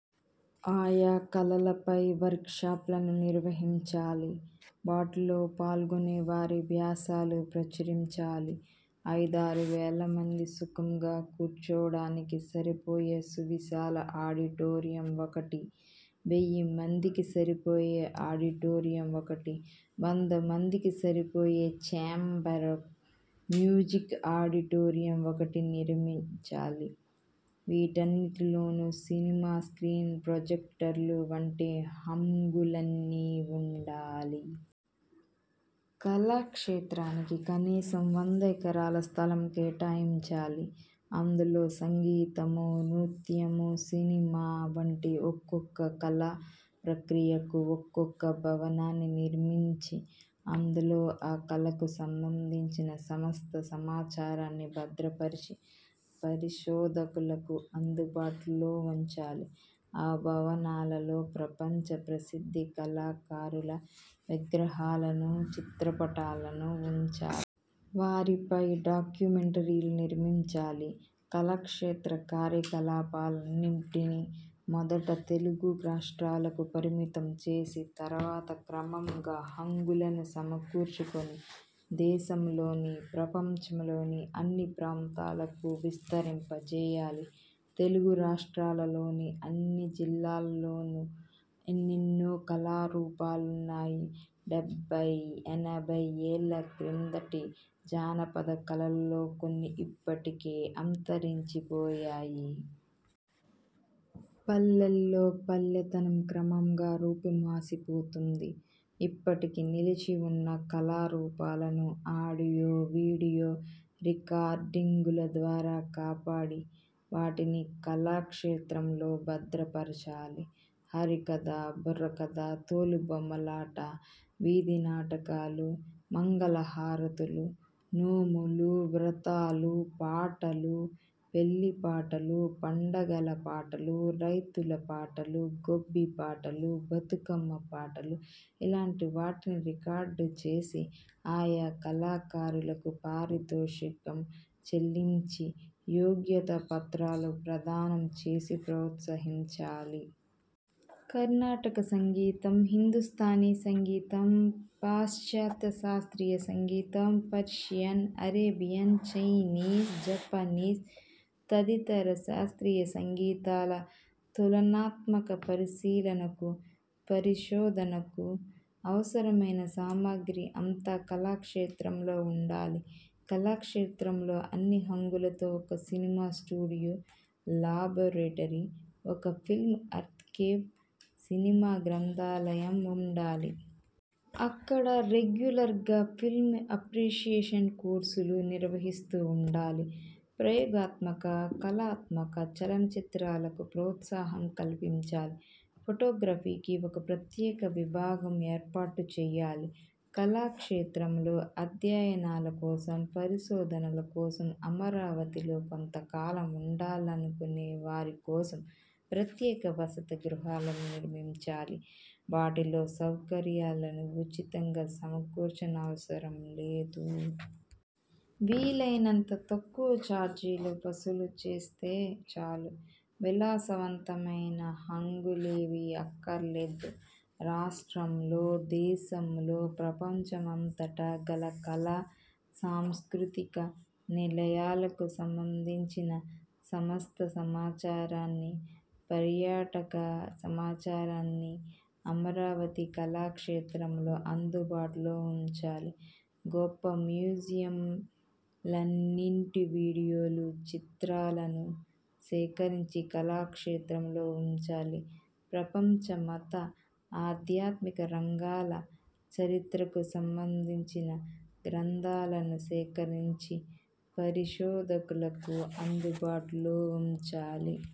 ఆయా కళలపై వర్క్షాప్లను నిర్వహించాలి. వాటిలో పాల్గొన్నవారి వ్యాసాలు ప్రచురించాలి. ఐదారు వేలమంది సుఖంగా కూర్చోడానికి సరిపోయే సువిశాల ఆడిటోరియం ఒకటి, వెయ్యి మందికి సరిపోయే ఆడిటోరియం ఒకటి, వందమందికి సరిపోయే ఛేంబర్ మ్యూజిక్ ఆడిటోరియం ఒకటి నిర్మించాలి. వీటన్నింటిలోనూ సినిమా స్ర్కీన్, ప్రొజెక్టర్లు వంటి హంగులన్నీ ఉండాలి. కళాక్షేత్రానికి కనీసం వంద ఎకరాల స్థలం కేటాయించాలి. అందులో సంగీతం, నృత్యం, సినిమా వంటి ఒక్కొక్క కళా ప్రక్రియకు ఒక్కొక్క భవనాన్ని నిర్మించి, అందులో ఆ కళకు సంబంధించిన సమస్త సమాచారాన్ని భద్రపరచి పరిశోధకులకు అందుబాటులో ఉంచాలి. ఆ భవనాలలో ప్రపంచ ప్రసిద్థ కళాకారుల విగ్రహాలను, చిత్రపటాలను ఉంచాలి. వారిపై డాక్యుమెంటరీలు నిర్మించాలి. కళాక్షేత్ర కార్యకలాపాలన్నింటినీ మొదట తెలుగు రాష్ర్టాలకు పరిమితం చేసి, తర్వాత క్రమంగా హంగులను సమకూర్చుకొని, దేశంలోని, ప్రపంచంలోని అన్ని ప్రాంతాలకు విస్తరింపజేయాలి. తెలుగు రాష్ర్టాలలోని అన్ని జిల్లాలలోనూ ఎన్నెన్నో కళారూపాలున్నాయి. డెబ్భయ్, ఎనభై యేళ్ళ క్రిందటి జానపద కళలలో కొన్ని ఇప్పటికే అంతరించిపోయాయి. పల్లెల్లో 'పల్లెతనం' క్రమంగా రూపుమాసిపోతోంది. ఇప్పటికీ నిలిచి ఉన్న కళారూపాలను ఆడియో–వీడియో రికార్డింగుల ద్వారా కాపాడి, వాటిని కళాక్షేత్రంలో భద్రపరచాలి. హరికథ, బుర్రకథ, తోలుబొమ్మలాట, వీధినాటకాలు, మంగళహారతులు, నోములు–వ్రతాల పాటలు, పెళ్ళిపాటలు, పండగల పాటలు, రైతుల పాటలు, గొబ్బి పాటలు, బతకమ్మ పాటలు – ఇలాంటి వాటిని రికార్డు చేసి, ఆయా కళాకారులకు పారితోషికం చెల్లించి, యోగ్యతా పత్రాలు ప్రదానం చేసి ప్రోత్సహించాలి. కర్ణాటక సంగీతం, హిందుస్థానీ సంగీతం, పాశ్చాత్య శాస్ర్తీయ సంగీతం, పర్షియన్, అరేబియన్, చైనీస్, జాపనీస్, తదితర శాస్ర్తీయ సంగీతాల తులనాత్మక పరిశీలనకు, పరిశోధనకు అవసరమైన సామగ్రి అంతా కళాక్షేత్రంలో ఉండాలి. కళాక్షేత్రంలో అన్ని హంగులతో ఒక సినిమా స్టూడియో, లాబొరేటరీ, ఒక ఫిల్మ్ ఆర్కైవ్, సినిమా గ్రంథాలయం ఉండాలి. అక్కడ రెగ్యులర్గా ఫిల్మ్అప్రీసియేషన్ కోర్సులు నిర్వహిస్తూ ఉండాలి. ప్రయోగాత్మక, కళాత్మక చలన చిత్రాలకు ప్రోత్సాహం కల్పించాలి. ఫొటోగ్రఫీకి ఒక ప్రత్యేక విభాగం ఏర్పాటు చేయాలి. కళాక్షేత్రంలో అధ్యయనాల కోసం, పరిశోధనల కోసం అమరావతిలో కొంత కాలం ఉండాలనుకొనే వారికోసం ప్రత్యేక వసతి గృహాలను నిర్మించాలి. వాటిలో సౌకర్యాలను ఉచితంగా సమకూర్చనవసరం లేదు. వీలైనంత తక్కువ ఛార్జీలు వసూలు చేస్తే చాలు. విలాసవంతమైన హంగులేవీ అక్కర్లేదు. రాష్ట్రంలో, దేశంలో, ప్రపంచమంతటా గల కళా సాంస్కృతిక నిలయాలకు సంబంధించిన సమస్త సమాచారాన్ని, పర్యాటక సమాచారాన్ని అమరావతి కళాక్షేత్రంలో అందుబాటులోఉంచాలి. గొప్ప మ్యూజియంలన్నింటి వీడియో చిత్రాలను సేకరించి కళాక్షేత్రంలో ఉంచాలి. ప్రపంచ మత, ఆధ్యాత్మిక రంగాల చరిత్రకు సంబంధించిన గ్రంథాలను సేకరించి పరిశోధకులకు అందుబాటులో ఉంచాలి.